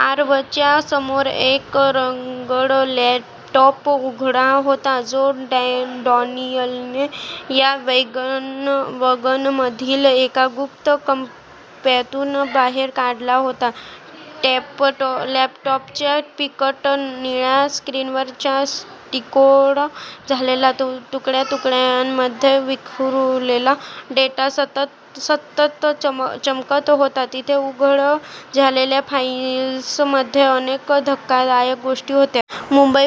आरवच्या समोर एक रग्ड लॅपटॉप उघडा होता, जो डॅनियलने या वॅगनमधील एका गुप्त कप्प्यातून बाहेर काढला होता. लॅपटॉपच्या फिकट निळ्या स्क्रीनवर चा डिकोड झालेला, तुकड्या-तुकड्यांमध्ये विखुरलेला डेटा सतत चमकत होता. तिथे उघड झालेल्या फाईल्समध्ये अनेक धक्कादायक गोष्टी होत्या. मुंबई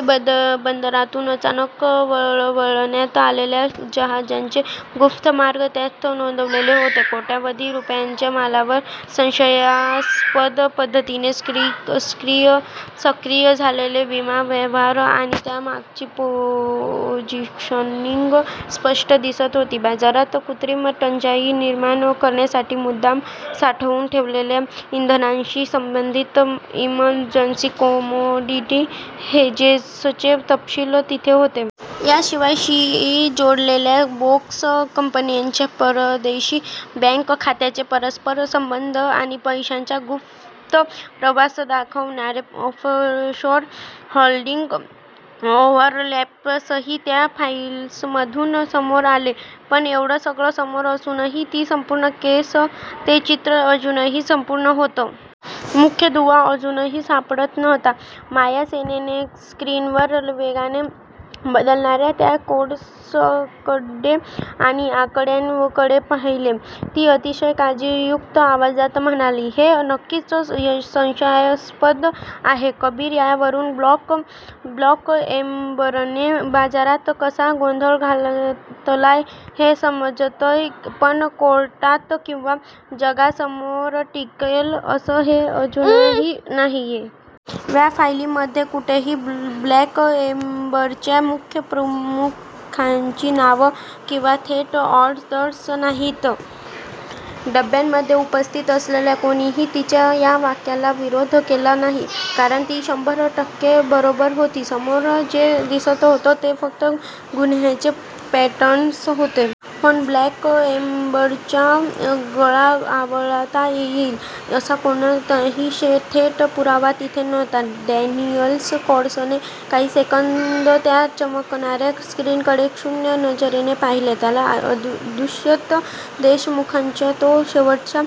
बंदरातून अचानक वळवण्यात आलेल्या जहाजांचे गुप्त मार्ग त्यात नोंदवलेले होते. कोट्यवधी रुपयांच्या मालावर संशयास्पद पद्धतीने सक्रिय झालेले विमा व्यवहार आणि त्यामागची पोझिशनिंग स्पष्ट दिसत होती. बाजारात कृत्रिम टंचाई निर्माण करण्यासाठी मुद्दाम साठवून ठेवलेल्या इंधनाशी संबंधित इमर्जन्सी कमोडिटी हेजेसचे तपशील तिथे होते. याशिवाय, शी जोडलेल्या बोगस कंपन्यांच्या परदेशी बँक खात्यांचे परस्पर संबंध आणि पैशांचा गुप्त प्रवाह दाखवणारे ऑफशोर होल्डिंग ओव्हरलॅप्सही त्या फाईल्समधून समोर आले. पण एवढं सगळं समोर असूनही ती संपूर्ण केस, ते चित्र अजूनही अपूर्ण होतं. मुख्य दुवा अजूनही सापडत नव्हता. माया सेनने स्क्रीनवर वेगाने बदलणाऱ्या त्या कोड्सकडे आणि आकड्यांकडे पाहिले. ती अतिशय काळजीयुक्त आवाजात म्हणाली, "हे नक्कीच संशयास्पद आहे, कबीर. यावरून ब्लॅक एम्बरने बाजारात कसा गोंधळ घातलाय हे समजतंय पण कोर्टात किंवा जगासमोर टिकेल असं हे अजूनही नाहीये. या फायलींमध्ये कुठेही ब्लॅक एम्बरच्या मुख्य प्रमुखांची नावं किंवा थेट ऑर्डर्स नाहीत. "डब्यामध्ये उपस्थित असलेल्या कोणीही तिच्या या वाक्याला विरोध केला नाही. कारण ती शंभर टक्के बरोबर होती. समोर जे दिसत होतं, ते फक्त गुन्ह्याचे पॅटर्न्स होते. पण ब्लॅक एम्बरचा गळा आवळता येईल, असा कोणताही थेट पुरावा तिथे नव्हता. डॅनियल क्रॉसने काही सेकंद त्या चमकणाऱ्या स्क्रीनकडे शून्य नजरेने पाहिले. त्याला दुष्यंत देशमुखांचा तो शेवटचा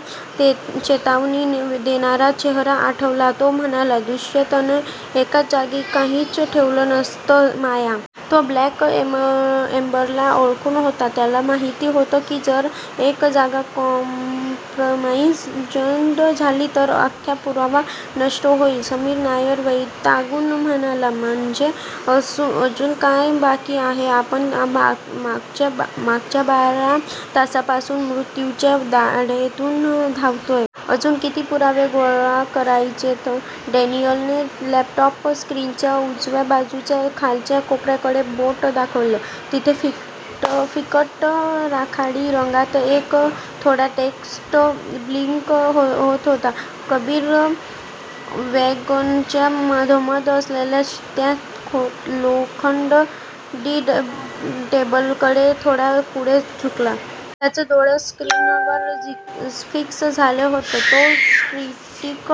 चेतावणी देणारा चेहरा आठवला. तो म्हणाला, "दुष्यंतने एकाच जागी कधीच ठेवलं नसतं, माया. तो ब्लॅक एम्बरला ओळखून होता. त्याला माहिती होतं की जर एक जागा कॉम्प्रमाईज्ड झाली, तर अख्खा पुरावा नष्ट होईल." समीर नायर वैतागून म्हणाला, "म्हणजे अजून काय बाकी आहे? आपण मागच्या बारा तासांपासून मृत्यूच्या दाढेतून धावतोय. अजून किती पुरावे गोळा करायचेत?" डॅनियलने लॅपटॉप स्क्रीनच्या उजव्या बाजूच्या खालच्या कोपऱ्याकडे बोट दाखवलं. तिथे फिकट राखाडी रंगात एक छोटा टेक्स्ट ब्लिंक होत होता. कबीर वॅगनच्या मधोमध असलेल्या त्या लोखंडी टेबलकडे थोडा पुढे झुकला. त्याचे डोळे स्क्रीनवर फिक्स झाले होते. "तो स्टॅटिक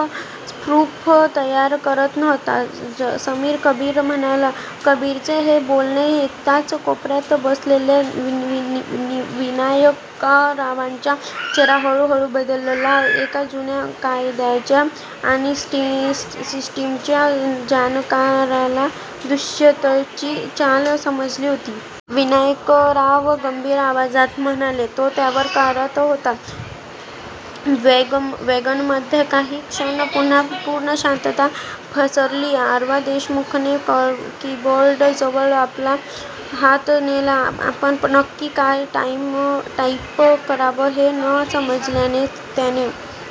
प्रूफ तयार करत नव्हता, समीर" कबीर म्हणाला. कबीरचे हे बोलणे ऐकताच कोपऱ्यात बसलेल्या विनायकरावांचा चेहरा हळूहळू बदलला. एका जुन्या कायद्याच्या आणि सिस्टिमच्या जाणकाराला दुष्यंतची चाल समजली होती. विनायकराव गंभीर आवाजात म्हणाले, "तो तयार करत होता." वॅगनमध्ये काही क्षण पुन्हा पूर्ण शांतता पसरली. आरव देशमुखने कीबोर्डजवळ आपला हात नेला, पण नक्की काय टाईप करावं हे न समजल्याने त्याने